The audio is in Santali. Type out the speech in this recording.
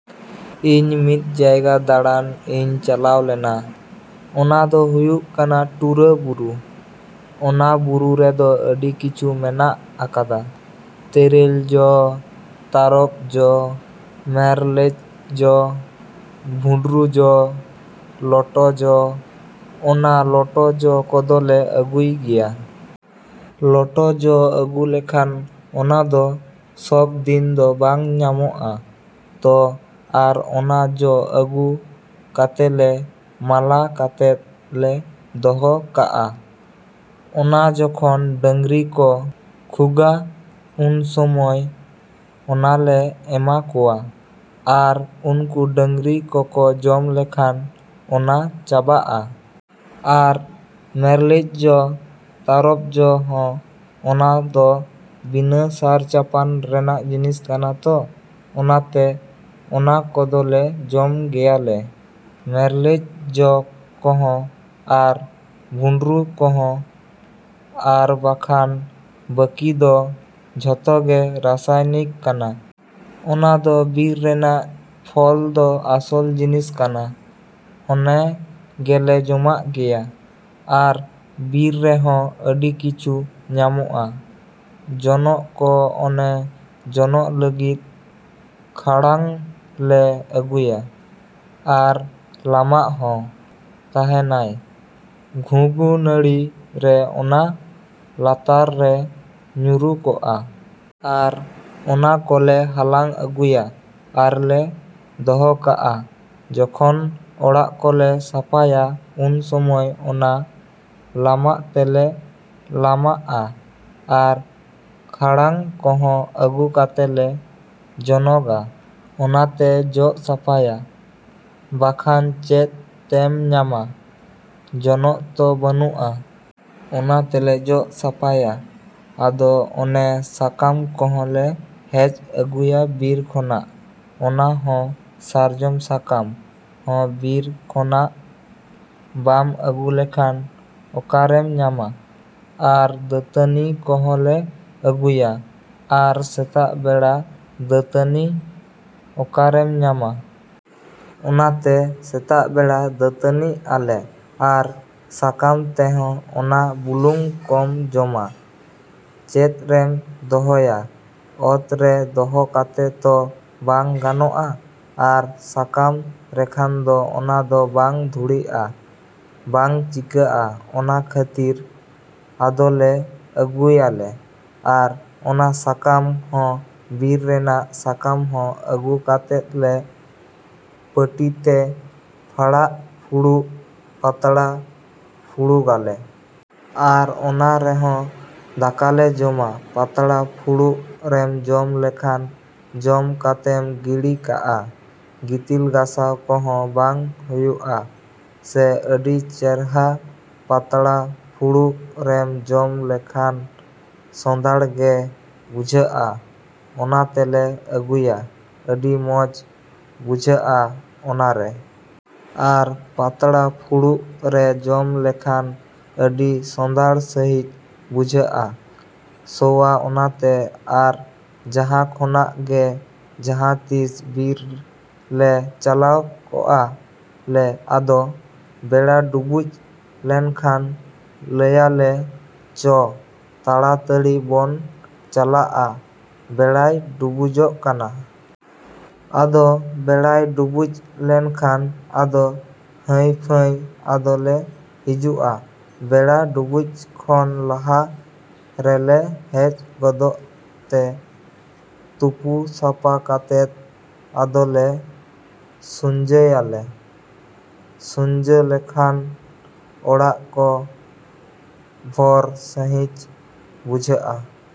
ᱤᱧ ᱢᱤᱫ ᱡᱟᱭᱜᱟ ᱫᱟᱬᱟᱱ ᱤᱧ ᱪᱟᱞᱟᱣ ᱞᱮᱱᱟ᱾ ᱚᱱᱟ ᱫᱚ ᱦᱩᱭᱩᱜ ᱠᱟᱱᱟ ᱴᱩᱨᱟᱹᱵᱩᱨᱩ᱾ ᱚᱱᱟ ᱵᱩᱨᱩ ᱨᱮᱫᱚ ᱟᱹᱰᱤ ᱠᱤᱪᱷᱩ ᱢᱮᱱᱟᱜ ᱟᱠᱟᱫᱟ᱾ ᱛᱮᱨᱮᱞ ᱡᱚ, ᱛᱟᱨᱚᱯ ᱡᱚ, ᱢᱮᱨᱞᱮᱡ ᱡᱚ, ᱵᱷᱩᱸᱰᱨᱩ ᱡᱚ, ᱞᱚᱴᱚ ᱡᱚ᱾ ᱚᱱᱟ ᱞᱚᱴᱚ ᱡᱚ ᱠᱚᱫᱚᱞᱮ ᱟᱹᱜᱩᱭ ᱜᱮᱭᱟ᱾ ᱞᱚᱴᱚ ᱡᱚ ᱟᱹᱜᱩ ᱞᱮᱠᱷᱟᱱ ᱚᱱᱟ ᱫᱚ ᱥᱚᱵᱽ ᱫᱤᱱ ᱫᱚ ᱵᱟᱝ ᱧᱟᱢᱚᱜᱼᱟ ᱛᱚ᱾ ᱟᱨ ᱚᱱᱟ ᱡᱚ ᱟᱹᱜᱩ ᱠᱟᱛᱮᱞᱮ ᱢᱟᱞᱟ ᱠᱟᱛᱮᱫ ᱞᱮ ᱫᱚᱦᱚ ᱠᱟᱜᱼᱟ᱾ ᱚᱱᱟ ᱡᱚᱠᱷᱚᱱ ᱰᱟᱹᱝᱨᱤ ᱠᱚ ᱠᱷᱩᱜᱟ ᱩᱱ ᱥᱚᱢᱚᱭ ᱚᱱᱟᱞᱮ ᱮᱢᱟ ᱠᱚᱣᱟ᱾ ᱟᱨ ᱩᱱᱠᱩ ᱰᱟᱹᱝᱨᱤ ᱠᱚᱠᱚ ᱡᱚᱢ ᱞᱮᱠᱷᱟᱱ ᱚᱱᱟ ᱪᱟᱵᱟᱜᱼᱟ᱾ ᱟᱨ ᱢᱮᱨᱞᱮᱡ ᱡᱚ, ᱛᱟᱨᱚᱯ ᱡᱚ ᱦᱚᱸ ᱚᱱᱟᱫᱚ ᱵᱤᱱᱟᱹ ᱥᱟᱨ ᱪᱟᱯᱟᱱ ᱨᱮᱱᱟᱜ ᱡᱤᱱᱤᱥ ᱠᱟᱱᱟ ᱛᱚ, ᱚᱱᱟᱛᱮ ᱚᱱᱟ ᱠᱚᱫᱚᱞᱮ ᱡᱚᱢ ᱜᱮᱭᱟ ᱞᱮ᱾ ᱢᱮᱨᱞᱮᱡ ᱡᱚ ᱠᱚᱦᱚᱸ, ᱟᱨ ᱵᱷᱩᱸᱰᱨᱩ ᱠᱚᱦᱚᱸ᱾ ᱟᱨ ᱵᱟᱠᱷᱟᱱ ᱵᱟᱹᱠᱤ ᱫᱚ ᱡᱷᱚᱛᱚ ᱜᱮ ᱨᱟᱥᱟᱭᱱᱤᱠ ᱠᱟᱱᱟ᱾ ᱚᱱᱟ ᱫᱚ ᱵᱤᱨ ᱨᱮᱱᱟᱜ ᱯᱷᱚᱞ ᱫᱚ ᱟᱥᱚᱞ ᱡᱤᱱᱤᱥ ᱠᱟᱱᱟ, ᱚᱱᱮ ᱜᱮᱞᱮ ᱡᱚᱢᱟᱜ ᱜᱮᱭᱟ᱾ ᱟᱨ ᱵᱤᱨ ᱨᱮᱦᱚᱸ ᱟᱹᱰᱤ ᱠᱤᱪᱷᱩ ᱧᱟᱢᱚᱜᱼᱟ᱾ ᱡᱚᱱᱚᱜ ᱠᱚ ᱚᱱᱮ ᱡᱚᱱᱚᱜ ᱞᱟᱹᱜᱤᱫ ᱠᱷᱟᱲᱟᱝ ᱞᱮ ᱟᱹᱜᱩᱭᱟ᱾ ᱟᱨ ᱞᱟᱢᱟᱜ ᱦᱚᱸ ᱛᱟᱦᱮᱱᱟᱭ᱾ ᱜᱷᱩᱸᱜᱩ ᱱᱟᱹᱲᱤ ᱨᱮ ᱚᱱᱟ ᱞᱟᱛᱟᱨ ᱨᱮ ᱧᱩᱨᱩ ᱠᱚᱜᱼᱟ᱾ ᱟᱨ ᱚᱱᱟ ᱠᱚᱞᱮ ᱦᱟᱞᱟᱝ ᱟᱹᱜᱩᱭᱟ᱾ ᱟᱨᱞᱮ ᱫᱚᱦᱚ ᱠᱟᱜᱼᱟ᱾ ᱡᱚᱠᱷᱚᱱ ᱚᱲᱟᱜ ᱠᱚᱞᱮ ᱥᱟᱯᱷᱟᱭᱟ, ᱩᱱ ᱥᱚᱢᱚᱭ ᱚᱱᱟ ᱞᱟᱢᱟᱜ ᱛᱮᱞᱮ ᱞᱟᱢᱟᱜᱼᱟ᱾ ᱟᱨ ᱠᱷᱟᱲᱟᱝ ᱠᱚᱦᱚᱸ ᱟᱹᱜᱩ ᱠᱟᱛᱮᱞᱮ ᱡᱚᱱᱚᱜᱟ, ᱚᱱᱟᱛᱮ ᱡᱚᱜ ᱥᱟᱯᱷᱟᱭᱟ᱾ ᱵᱟᱠᱷᱟᱱ ᱪᱮᱫ ᱛᱮᱢ ᱧᱟᱢᱟ? ᱡᱚᱱᱚᱜ ᱛᱚ ᱵᱟᱹᱱᱩᱜᱼᱟ᱾ ᱚᱱᱟ ᱛᱮᱞᱮ ᱡᱚᱜ ᱥᱟᱯᱷᱟᱭᱟ᱾ ᱟᱫᱚ ᱚᱱᱮ ᱥᱟᱠᱟᱢ ᱠᱚᱦᱚᱸᱞᱮ ᱦᱮᱡ ᱟᱹᱜᱩᱭᱟ ᱵᱤᱨ ᱠᱷᱚᱱᱟᱜ, ᱚᱱᱟ ᱦᱚᱸ ᱥᱟᱨᱡᱚᱢ ᱥᱟᱠᱟᱢ ᱦᱚᱸ ᱵᱤᱨ ᱠᱷᱚᱱᱟᱜ ᱵᱟᱢ ᱟᱹᱜᱩ ᱞᱮᱠᱷᱱᱟ ᱚᱠᱟᱨᱮᱢ ᱧᱟᱢᱟ᱾ ᱟᱨ ᱫᱟᱹᱛᱟᱹᱱᱤ ᱠᱚᱦᱚᱸᱞᱮ ᱟᱹᱜᱩᱭᱟ᱾ ᱟᱨ ᱥᱮᱛᱟᱜ ᱵᱮᱲᱟ ᱫᱟᱹᱛᱟᱹᱱᱤ ᱚᱠᱟᱨᱮᱢ ᱧᱟᱢᱟ᱾ ᱚᱱᱟᱛᱮ ᱥᱮᱛᱟᱜ ᱵᱮᱲᱟ ᱫᱟᱹᱛᱟᱹᱱᱤᱜ ᱟᱞᱮ᱾ ᱟᱨ ᱥᱟᱠᱟᱢ ᱛᱮᱦᱚᱸ ᱚᱱᱟ ᱵᱩᱞᱩᱝ ᱠᱚᱢ ᱡᱚᱢᱟ, ᱪᱮᱫ ᱨᱮᱢ ᱫᱚᱦᱚᱭᱟ, ᱚᱛ ᱨᱮ ᱫᱚᱦᱚ ᱠᱟᱛᱮ ᱛᱚ, ᱵᱟᱝ ᱜᱟᱱᱚᱜᱼᱟ᱾ ᱟᱨ ᱥᱟᱠᱟᱢ ᱨᱮᱠᱷᱟᱱ ᱫᱚ ᱚᱱᱟ ᱫᱚ ᱵᱟᱝ ᱫᱷᱩᱲᱤᱜᱼᱟ, ᱵᱟᱝ ᱪᱤᱠᱟᱹᱜᱼᱟ᱾ ᱚᱱᱟ ᱠᱷᱟᱹᱛᱤᱨ ᱟᱫᱚᱞᱮ ᱟᱹᱜᱩᱭᱟᱞᱮ, ᱟᱨ ᱚᱱᱟ ᱥᱟᱠᱟᱢ ᱦᱚᱸ ᱵᱤᱨ ᱨᱮᱱᱟᱜ ᱥᱟᱠᱟᱢ ᱦᱚᱸ ᱟᱹᱜᱩ ᱠᱟᱛᱮᱫ ᱞᱮ ᱯᱟᱹᱴᱤᱛᱮ ᱯᱷᱟᱲᱟᱜᱼᱯᱷᱩᱲᱩᱜ ᱯᱟᱛᱲᱟ ᱯᱷᱩᱲᱩᱜᱟᱞᱮ᱾ ᱟᱨ ᱚᱱᱟ ᱨᱮᱦᱚᱸ ᱫᱟᱠᱟ ᱞᱮ ᱡᱚᱢᱟ᱾ ᱯᱟᱛᱲᱟ ᱯᱷᱩᱲᱩᱜ ᱨᱮᱢ ᱡᱚᱢ ᱞᱮᱠᱷᱟᱱ ᱡᱚᱢ ᱠᱟᱛᱮᱢ ᱜᱤᱲᱤ ᱠᱟᱜᱼᱟ᱾ ᱜᱤᱛᱤᱞ ᱜᱟᱥᱟᱣ ᱠᱚᱦᱚᱸ ᱵᱟᱝ ᱦᱩᱭᱩᱜᱼᱟ᱾ ᱥᱮ ᱟᱹᱰᱤ ᱪᱮᱨᱦᱟ ᱯᱟᱛᱲᱟ ᱯᱷᱩᱲᱩᱜ ᱨᱮᱢ ᱡᱚᱢ ᱞᱮᱠᱷᱱᱟ ᱥᱚᱸᱫᱷᱟᱲ ᱜᱮ ᱵᱩᱡᱷᱟᱹᱜᱼᱟ᱾ ᱚᱱᱟᱛᱮᱞᱮ ᱟᱹᱜᱩᱭᱟ, ᱟᱹᱰᱤ ᱢᱚᱡᱽ ᱵᱩᱡᱷᱟᱹᱜᱼᱟ ᱚᱱᱟᱨᱮ᱾ ᱟᱨ ᱯᱟᱛᱲᱟ ᱯᱷᱩᱲᱩᱜ ᱨᱮ ᱡᱚᱢ ᱞᱮᱠᱷᱟᱱ ᱟᱹᱰᱤ ᱥᱚᱸᱫᱷᱟᱲ ᱥᱟᱺᱦᱤᱡ ᱵᱩᱡᱷᱟᱹᱜᱼᱟ ᱥᱚᱣᱟ ᱚᱱᱟᱛᱮ᱾ ᱟᱨ ᱡᱟᱦᱟᱸ ᱠᱷᱚᱱᱟᱜ ᱜᱮ ᱡᱟᱦᱟᱸ ᱛᱤᱥ ᱵᱤᱨ ᱞᱮ ᱪᱟᱞᱟᱣ ᱠᱚᱜᱼᱟ ᱞᱮ ᱟᱫᱚ ᱵᱮᱲᱟ ᱰᱩᱵᱩᱡ ᱞᱮᱱᱠᱷᱟᱱ ᱞᱟᱹᱭᱟᱞᱮ ᱪᱚ, ᱛᱟᱲᱟᱛᱟᱹᱲᱤ ᱵᱚᱱ ᱪᱟᱞᱟᱜᱼᱟ, ᱵᱮᱲᱟᱭ ᱰᱩᱵᱩᱡᱚᱜ ᱠᱟᱱᱟ᱾ ᱟᱫᱚ ᱵᱮᱲᱟᱭ ᱰᱩᱵᱩᱡ ᱞᱮᱱᱠᱷᱟᱱ ᱟᱫᱚ ᱦᱟᱺᱭᱯᱷᱟᱺᱭ ᱟᱫᱚ ᱞᱮ ᱦᱤᱡᱩᱜᱼᱟ᱾ ᱵᱮᱲᱟ ᱰᱩᱵᱩᱡ ᱠᱷᱚᱱ ᱞᱟᱦᱟ ᱨᱮᱞᱮ ᱦᱮᱡ ᱜᱚᱫᱚᱜ ᱛᱮ ᱛᱩᱯᱩ ᱥᱟᱯᱷᱟ ᱠᱟᱛᱮᱫ ᱟᱫᱚᱞᱮ ᱥᱩᱧᱡᱟᱹᱭᱟᱞᱮ᱾ ᱥᱩᱧᱡᱟᱹ ᱞᱮᱠᱷᱟᱱ ᱚᱲᱟᱜ ᱠᱚ ᱵᱷᱚᱨ ᱥᱟᱺᱦᱤᱡ ᱵᱩᱡᱷᱟᱹᱜᱼᱟ᱾